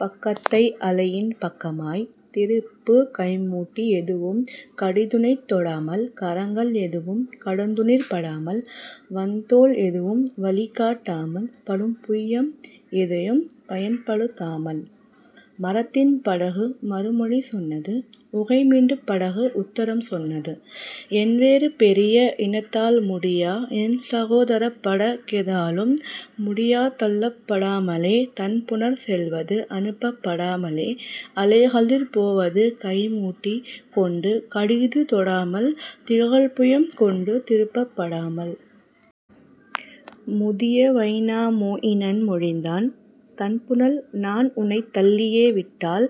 பக்கத்தை அலையின் பக்கமாய் திருப்பு கைமுட்டி எதுவும் கடிதுனைத் தொடாமல் கரங்கள் எதுவும் கடந்துனிற் படாமல் வன்தோள் எதுவும் வழிகாட் டாமல் படுபுயம் எதையும் பயன்படுத் தாமல். " மரத்தின் படகு மறுமொழி சொன்னது உகைமிண்டுப் படகு உத்தரம் சொன்னது: "என்வேறு பெரிய இனத்தால் முடியா என்சகோ தரப்பட கெதாலும் முடியா தள்ளப் படாமலே தண்புனற் செல்வது அனுப்பப் படாமலே அலைகளிற் போவது கைமுட்டி கொண்டு கடிது தொடாமல் திகழ்புயம் கொண்டு திருப்பப் படாமல். " முதிய வைனா மொயினன் மொழிந்தான்: "தண்புனல் நான்உனைத் தள்ளியே விட்டால்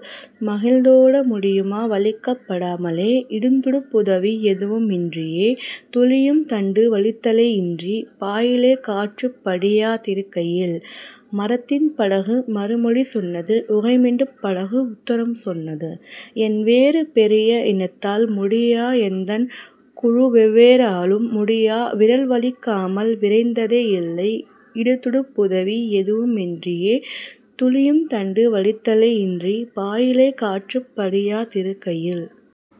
மகிழ்ந்தோட முடியுமா வலிக்கப் படாமலே இடும்துடுப் புதவி எதுவும் இன்றியே துளியும் தண்டு வலித்தலே யின்றி பாயிலே காற்றுப் படியா திருக்கையில்? " மரத்தின் படகு மறுமொழி சொன்னது உகைமிண்டுப் படகு உத்தரம் சொன்னது: "என்வேறு பெரிய இனத்தால் முடியா எந்தன் குழுவெவ ராலும் முடியா விரல்வலிக் காமல் விரைந்ததே யில்லை இடுதுடுப் புதவி எதுவும் இன்றியே துளியும் தண்டு வலித்தலே யின்றி பாயிலே காற்றுப் படியா திருக்கையில்.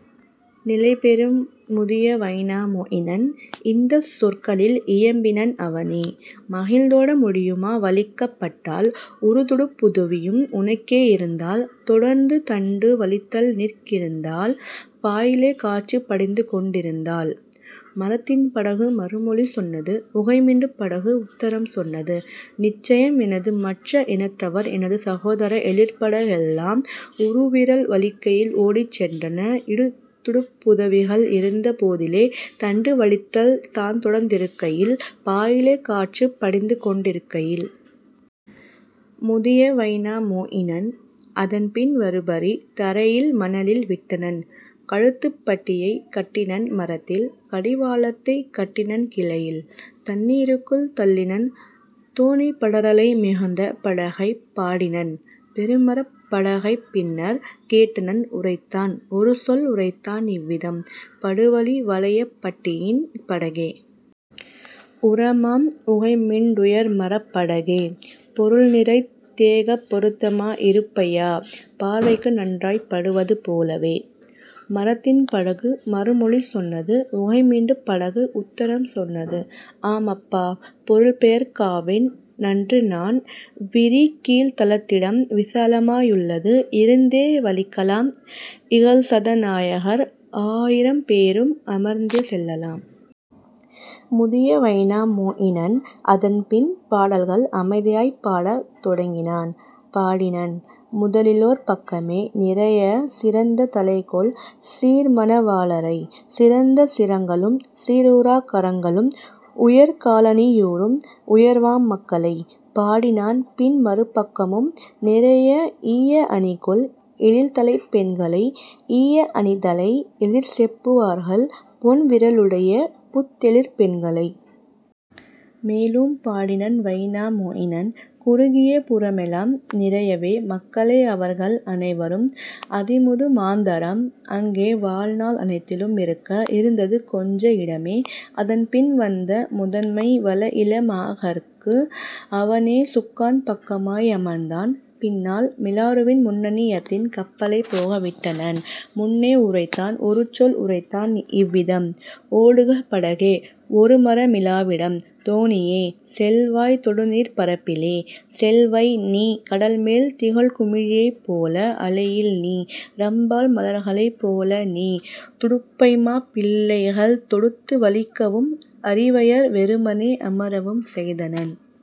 " நிலைபெறும் முதிய வைனா மொயினன் இந்தச் சொற்களில் இயம்பினன் அவனே: "மகிழ்ந்தோட முடியுமா வலிக்கப் பட்டால் உறுதுடுப் புதவியும் உனக்கே யிருந்தால் தொடர்ந்து தண்டு வலித்தல் நிற் கிருந்தால் பாயிலே காற்றுப் படிந்துகொண் டிருந்தால்? " மரத்தின் படகு மறுமொழி சொன்னது உகைமிண்டுப் படகு உத்தரம் சொன்னது: "நிச்சயம் எனது மற்ற இனத்தவர் எனது சகோதர எழிற்பட கெல்லாம் உறுவிரல் வலிக்கையில் ஓடிச் சென்றன இடுத்துடுப் புதவிகள் இருந்த போதிலே தண்டு வலித்தல் தான்தொடர்ந் திருக்கையில் பாயிலே காற்றுப் படிந்துகொண் டிருக்கையில். " முதிய வைனா மொயினன் அதன்பின் வருபரி தரையில் மணலில் விட்டனன் கழுத்துப் பட்டியை கட்டினன் மரத்தில் கடிவா ளத்தைக் கட்டினன் கிளையில் தண்ணீ ருக்குள் தள்ளினன் தோணி படரலை மிதந்த படகைப் பாடினன் பெருமரப் படகைப் பின்னர் கேட்டனன் உரைத்தான் ஒருசொல் உரைத்தான் இவ்விதம்: "படுவலி வளையப் பட்டியின் படகே! உரமாம் உகைமிண் டுயர்மரப் படகே! பொருள்நிறைத் தேகப் பொருத்தமா யிருப்பையா பார்வைக்கு நன்றாய்ப் படுவது போலவே? " மரத்தின் படகு மறுமொழி சொன்னது உகைமிண்டுப் படகு உத்தரம் சொன்னது: "ஆமப்பா பொருள்பெயற் காவேன் நன்றுநான் விரிகீழ்த் தளத்திடம் விசாலமா யுள்ளது இருந்தே வலிக்கலாம் இகல்சத நாயகர் ஆயிரம் பேரும் அமர்ந்தே செல்லலாம். " முதிய வைனா மொயினன் அதன்பின் பாடல்கள் அமைதியாய்ப் பாடத் தொடங்கினான், பாடினன் முதலிலோர் பக்கமே நிறைய சிறந்த தலைகொள் சீர்மண வாளரை, சிறந்த சிரங்களும் சீருரக் கரங்களும் உயர்கா லணியுறும் உயர்வாம் மக்களை; பாடினான் பின்மறு பக்கமும் நிறைய ஈய அணிகொள் எழில்தலைப் பெண்களை, ஈய அணித்தலை, எழிற்செப்பு வார்கள், பொன் விரலுடைய புத்தெழிற் பெண்களை. மேலும் பாடினன் வைனா மொயினன் குறுகிய புறமெலாம் நிறையவே மக்களை அவர்கள் அனைவரும் அதிமுது மாந்தராம் அங்கே வாழ்நாள் அனைத்திலு மிருக்க இருந்தது கொஞ்ச இடமே அதன்பின் வந்த முதன்மை வளஇள மகார்க்கு. அவனே சுக்கான் பக்கமா யமர்ந்தான் பின்னால் மிலாறுவின் முன்னணி யத்தின் கப்பலைப் போக விட்டனன் முன்னே உரைத்தான் ஒருசொல் உரைத்தான் இவ்விதம்: "ஓடுக படகே, ஒருமர மிலாவிடம், தோணியே, செல்வாய் தொடுநீர்ப் பரப்பிலே, செல்வைநீ கடல்மேல் திகழ்குமி ழியைப்போல அலையில்நீ ராம்பல் மலர்களைப் போலநீ! " துடுப்பைமாப் பிள்ளைகள் தொடுத்து வலிக்கவும் அரிவையர் வெறுமனே அமரவும் செய்தனன்;